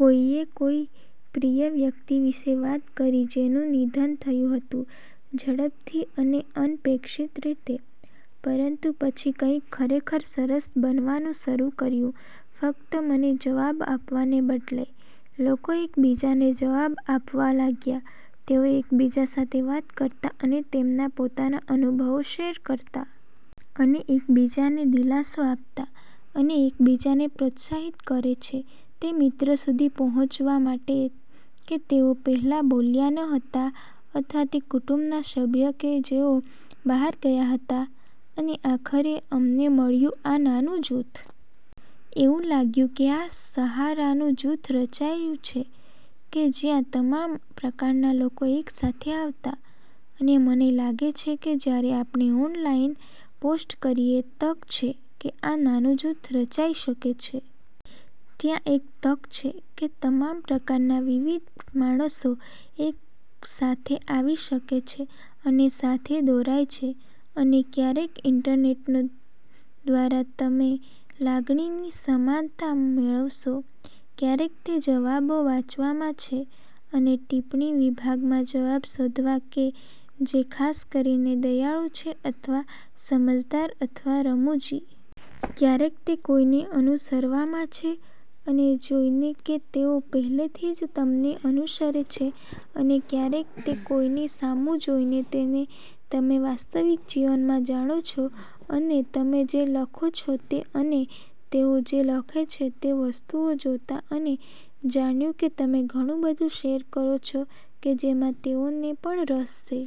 કોઈએ કોઈ પ્રિય વ્યક્તિ વિશે વાત કરી જેનું નિધન થયું હતું ઝડપથી અને અનપેક્ષિત રીતે. પરંતુ પછી કંઈક ખરેખર સરસ બનવાનું શરૂ કર્યું ફક્ત મને જવાબ આપવાને બદલે. લોકો એકબીજાને જવાબ આપવા લાગ્યા, તેઓ એકબીજા સાથે વાત કરતાં અને તેમના પોતાના અનુભવો શેર કરતાં. અને એકબીજાને દિલાસો આપતાં. અને એકબીજાને પ્રોત્સાહિત કરે છે તે મિત્ર સુધી પહોંચવા માટે કે તેઓ પહેલાં બોલ્યા ન હતા અથવા તે કુટુંબના સભ્ય કે જેઓ બહાર ગયાં હતાં. અને આખરે અમને મળ્યું આ નાનું જૂથ. એવું લાગ્યું કે આ સહારાનું જૂથ રચાયું છે કે જ્યાં તમામ પ્રકારના લોકો એકસાથે આવતા. અને મને લાગે છે કે જ્યારે આપણે ઓનલાઇન પોસ્ટ કરીએ, તક છે કે આ નાનું જૂથ રચાઈ શકે છે. ત્યાં એક તક છે કે તમામ પ્રકારના વિવિધ માણસો એકસાથે આવી શકે છે અને સાથે દોરાય છે. અને ક્યારેક ઇન્ટરનેટનો દ્વારા તમે લાગણીની સમાનતા મેળવશો. ક્યારેક તે જવાબો વાંચવામાં છે. અને ટિપ્પણી વિભાગોમાં જવાબ શોધવા કે જે ખાસ કરીને દયાળુ છે અથવા સમજદાર અથવા રમુજી. ક્યારેક તે કોઈને અનુસરવામાં છે. અને જોઈને કે તેઓ પહેલેથી જ તમને અનુસરે છે. અને ક્યારેક તે કોઈની સામું જોઈને તેને તમે વાસ્તવિક જીવનમાં જાણો છો અને તમે જે લખો છો તે અને તેઓ જે લખે છે તે વસ્તુઓ જોતાં અને જાણ્યું કે તમે ઘણું બધું શેર કરો છો કે જેમાં તેઓને પણ રસ છે.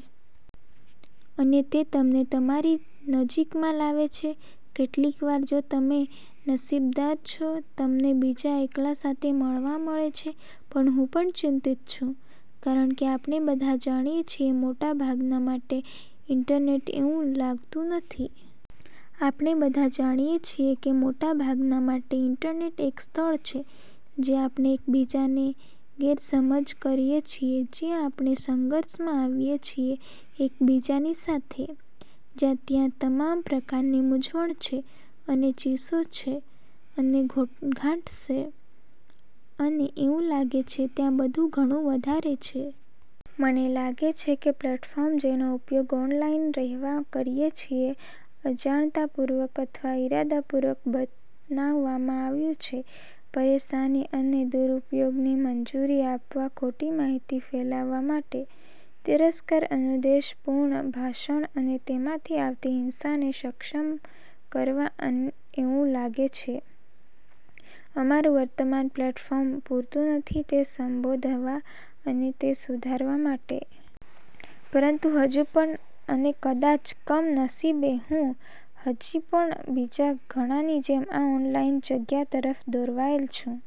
અને તે તેમને તમારી નજીકમાં લાવે છે. કેટલીકવાર, જો તમે નસીબદાર છો, તમને બીજા એકલાં સાથે મળવા મળે છે. પણ હું પણ ચિંતિત છું કારણકે આપણે બધા જાણીએ છીએ મોટાભાગના માટે ઇન્ટરનેટ એવું લાગતું નથી. આપણે બધા જાણીએ છીએ કે મોટાભાગના માટે ઇન્ટરનેટ એક સ્થળ છે જ્યાં આપણે એકબીજાને ગેરસમજ કરીએ છીએ, જ્યાં આપણે સંઘર્ષમાં આવીએ છીએ એકબીજાની સાથે, જ્યાં ત્યાં તમામ પ્રકારની મૂંઝવણ છે અને ચીસો છે અને ઘોંઘાટ છે અને એવું લાગે છે ત્યાં બધું ઘણું વધારે છે. મને લાગે છે કે પ્લેટફોર્મ જેનો ઉપયોગ ઓનલાઇન રહેવા કરીએ છીએ અજાણતાંપૂર્વક અથવા ઇરાદાપૂર્વક બનાવવામાં આવ્યું છે. પરેશાની અને દુરૂપયોગની મંજૂરી આપવા ખોટી માહિતી ફેલાવવા માટે, તિરસ્કાર અને દ્વેષપૂર્ણ ભાષણ અને તેમાંથી આવતી હિંસાને સક્ષમ કરવાં અન એવું લાગે છે અમારું વર્તમાન પ્લેટફોર્મ પૂરતૂં નથી તે સંબોધવા અને તે સુધારવા માટે. પરંતુ હજુ પણ અને કદાચ કમનસીબે, હું હજી પણ બીજા ઘણાની જેમ આ ઓનલાઇન જગ્યા તરફ દોરવાયેલ છું.